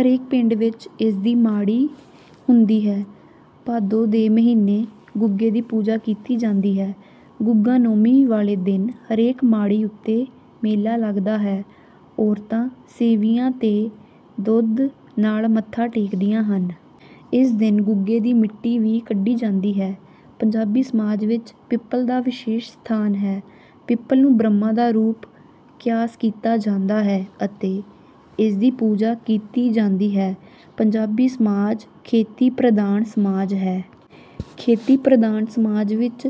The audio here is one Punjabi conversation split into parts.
ਹਰੇਕ ਪਿੰਡ ਵਿੱਚ ਇਸਦੀ ਮਾੜੀ ਹੁੰਦੀ ਹੈ। ਭਾਦੋਂ ਦੇ ਮਹੀਨੇ ਗੁੱਗੇ ਦੀ ਪੂਜਾ ਕੀਤੀ ਜਾਂਦੀ ਹੈ। ਗੁੱਗਾ ਨੌਮੀ ਵਾਲੇ ਦਿਨ ਹਰੇਕ ਮਾੜੀ ਉੱਤੇ ਮੇਲਾ ਲੱਗਦਾ ਹੈ। ਔਰਤਾਂ ਸੇਵੀਆਂ ਅਤੇ ਦੁੱਧ ਨਾਲ ਮੱਥਾ ਟੇਕਦੀਆਂ ਹਨ। ਇਸ ਦਿਨ ਗੁੱਗੇ ਦੀ ਮਿੱਟੀ ਵੀ ਕੱਢੀ ਜਾਂਦੀ ਹੈ। ਪੰਜਾਬੀ ਸਮਾਜ ਵਿੱਚ ਪਿੱਪਲ ਦਾ ਵਿਸ਼ੇਸ਼ ਸਥਾਨ ਹੈ। ਪਿੱਪਲ ਨੂੰ ਬ੍ਰਹਮਾ ਦਾ ਰੂਪ ਕਿਆਸ ਕੀਤਾ ਜਾਂਦਾ ਹੈ ਅਤੇ ਇਸਦੀ ਪੂਜਾ ਕੀਤੀ ਜਾਂਦੀ ਹੈ। ਪੰਜਾਬੀ ਸਮਾਜ ਖੇਤੀ-ਪ੍ਰਧਾਨ ਸਮਾਜ ਹੈ। ਖੇਤੀ-ਪ੍ਰਧਾਨ ਸਮਾਜ ਵਿੱਚ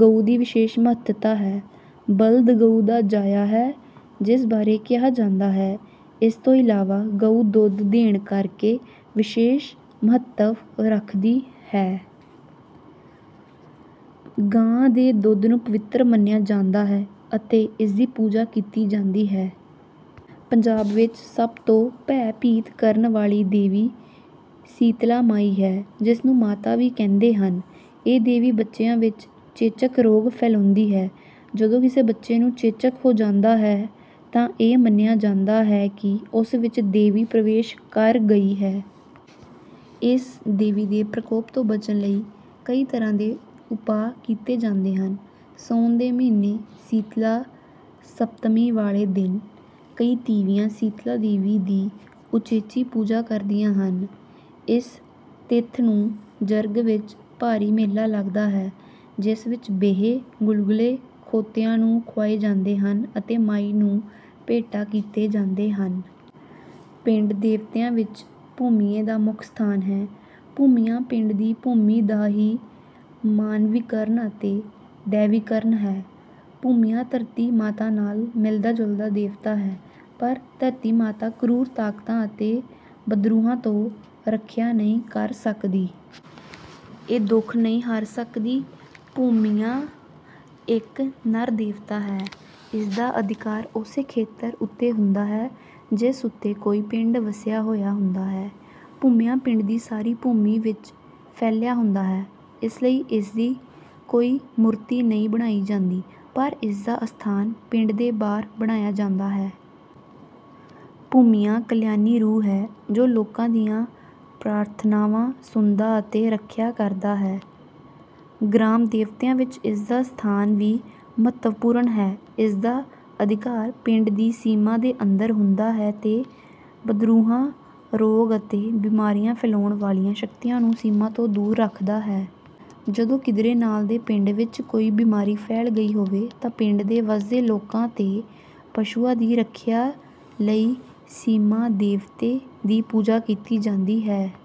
ਗਊ ਦੀ ਵਿਸ਼ੇਸ਼ ਮਹੱਤਤਾ ਹੈ। ਬਲਦ ਗਊ ਦਾ ਜਾਇਆ ਹੈ, ਜਿਸ ਬਾਰੇ ਕਿਹਾ ਜਾਂਦਾ ਹੈ। ਇਸ ਤੋਂ ਇਲਾਵਾ ਗਊ ਦੁੱਧ ਦੇਣ ਕਰਕੇ ਵਿਸ਼ੇਸ਼ ਮਹੱਤਵ ਰੱਖਦੀ ਹੈ। ਗਾਂ ਦੇ ਦੁੱਧ ਨੂੰ ਪਵਿੱਤਰ ਮੰਨਿਆ ਜਾਂਦਾ ਹੈ ਅਤੇ ਇਸਦੀ ਪੂਜਾ ਕੀਤੀ ਜਾਂਦੀ ਹੈ। ਪੰਜਾਬ ਵਿੱਚ ਸਭ ਤੋਂ ਭੈ-ਭੀਤ ਕਰਨ ਵਾਲੀ ਦੇਵੀ ਸੀਤਲਾ ਮਾਈ ਹੈ, ਜਿਸ ਨੂੰ ਮਾਤਾ ਵੀ ਕਹਿੰਦੇ ਹਨ। ਇਹ ਦੇਵੀ ਬੱਚਿਆਂ ਵਿੱਚ ਚੇਚਕ ਰੋਗ ਫੈਲਾਉਂਦੀ ਹੈ। ਜਦੋਂ ਕਿਸੇ ਬੱਚੇ ਨੂੰ ਚੇਚਕ ਹੋ ਜਾਂਦਾ ਹੈ ਤਾਂ ਇਹ ਮੰਨਿਆ ਜਾਂਦਾ ਹੈ ਕਿ ਉਸ ਵਿੱਚ ਦੇਵੀ ਪ੍ਰਵੇਸ਼ ਕਰ ਗਈ ਹੈ। ਇਸ ਦੇਵੀ ਦੇ ਪ੍ਰਕੋਪ ਤੋਂ ਬਚਣ ਲਈ ਕਈ ਤਰ੍ਹਾਂ ਦੇ ਉਪਾਅ ਕੀਤੇ ਜਾਂਦੇ ਹਨ। ਸਾਉਣ ਦੇ ਮਹੀਨੇ ਸੀਤਲਾ ਸਪਤਮੀ ਵਾਲੇ ਦਿਨ ਕਈ ਤੀਵੀਆਂ ਸੀਤਲਾ ਦੇਵੀ ਦੀ ਉਚੇਚੀ ਪੂਜਾ ਕਰਦੀਆਂ ਹਨ। ਇਸ ਤਿੱਥ ਨੂੰ ਜਰਗ ਵਿੱਚ ਭਾਰੀ ਮੇਲਾ ਲੱਗਦਾ ਹੈ, ਜਿਸ ਵਿੱਚ ਬੇਹੇ, ਗੁਲਗੁਲੇ ਖੋਤਿਆਂ ਨੂੰ ਖੁਆਏ ਜਾਂਦੇ ਹਨ ਅਤੇ ਮਾਈ ਨੂੰ ਭੇਟਾ ਕੀਤੇ ਜਾਂਦੇ ਹਨ। ਪਿੰਡ ਦੇਵਤਿਆਂ ਵਿੱਚ ਭੂਮੀਏ ਦਾ ਮੁੱਖ ਸਥਾਨ ਹੈ। ਭੂਮੀਆ ਪਿੰਡ ਦੀ ਭੂਮੀ ਦਾ ਹੀ ਮਾਨਵੀਕਰਣ ਅਤੇ ਦੈਵੀਕਰਣ ਹੈ। ਭੂਮੀਆ ਧਰਤੀ ਮਾਤਾ ਨਾਲ ਮਿਲਦਾ-ਜੁਲਦਾ ਦੇਵਤਾ ਹੈ, ਪਰ ਧਰਤੀ ਮਾਤਾ ਕਰੂਰ ਤਾਕਤਾਂ ਅਤੇ ਬਦਰੂਹਾਂ ਤੋਂ ਰਖਿਆ ਨਹੀਂ ਕਰ ਸਕਦੀ। ਇਹ ਦੁੱਖ ਨਹੀਂ ਹਰ ਸਕਦੀ। ਭੂਮੀਆ ਇੱਕ ਨਰ ਦੇਵਤਾ ਹੈ। ਇਸਦਾ ਅਧਿਕਾਰ ਉਸੇ ਖੇਤਰ ਉੱਤੇ ਹੁੰਦਾ ਹੈ, ਜਿਸ ਉੱਤੇ ਕੋਈ ਪਿੰਡ ਵਸਿਆ ਹੋਇਆ ਹੁੰਦਾ ਹੈ। ਭੂਮੀਆ ਪਿੰਡ ਦੀ ਸਾਰੀ ਭੂਮੀ ਵਿੱਚ ਫੈਲਿਆ ਹੁੰਦਾ ਹੈ, ਇਸ ਲਈ ਇਸਦੀ ਕੋਈ ਮੂਰਤੀ ਨਹੀਂ ਬਣਾਈ ਜਾਂਦੀ, ਪਰ ਇਸਦਾ ਅਸਥਾਨ ਪਿੰਡ ਦੇ ਬਾਹਰ ਬਣਾਇਆ ਜਾਂਦਾ ਹੈ। ਭੂਮੀਆ ਕਲਿਆਣੀ ਰੂਹ ਹੈ ਜੋ ਲੋਕਾਂ ਦੀਆਂ ਪ੍ਰਾਰਥਨਾਵਾਂ ਸੁਣਦਾ ਅਤੇ ਰਖਿਆ ਕਰਦਾ ਹੈ। ਗ੍ਰਾਮ-ਦੇਵਤਿਆਂ ਵਿੱਚ ਇਸਦਾ ਸਥਾਨ ਵੀ ਮਹੱਤਵਪੂਰਨ ਹੈ। ਇਸਦਾ ਅਧਿਕਾਰ ਪਿੰਡ ਦੀ ਸੀਮਾ ਦੇ ਅੰਦਰ ਹੁੰਦਾ ਹੈ ਤੇ ਬਦਰੂਹਾਂ, ਰੋਗ, ਅਤੇ ਬਿਮਾਰੀਆਂ ਫੈਲਾਉਣ ਵਾਲੀਆਂ ਸ਼ਕਤੀਆਂ ਨੂੰ ਸੀਮਾ ਤੋਂ ਦੂਰ ਰੱਖਦਾ ਹੈ। ਜਦੋਂ ਕਿਧਰੇ ਨਾਲ ਦੇ ਪਿੰਡ ਵਿੱਚ ਕੋਈ ਬਿਮਾਰੀ ਫੈਲ ਗਈ ਹੋਵੇ ਤਾਂ ਪਿੰਡ ਦੇ ਵਸਦੇ ਲੋਕਾਂ ਤੇ ਪਸ਼ੂਆਂ ਦੀ ਰਖਿਆ ਲਈ ਸੀਮਾ-ਦੇਵਤੇ ਦੀ ਪੂਜਾ ਕੀਤੀ ਜਾਂਦੀ ਹੈ।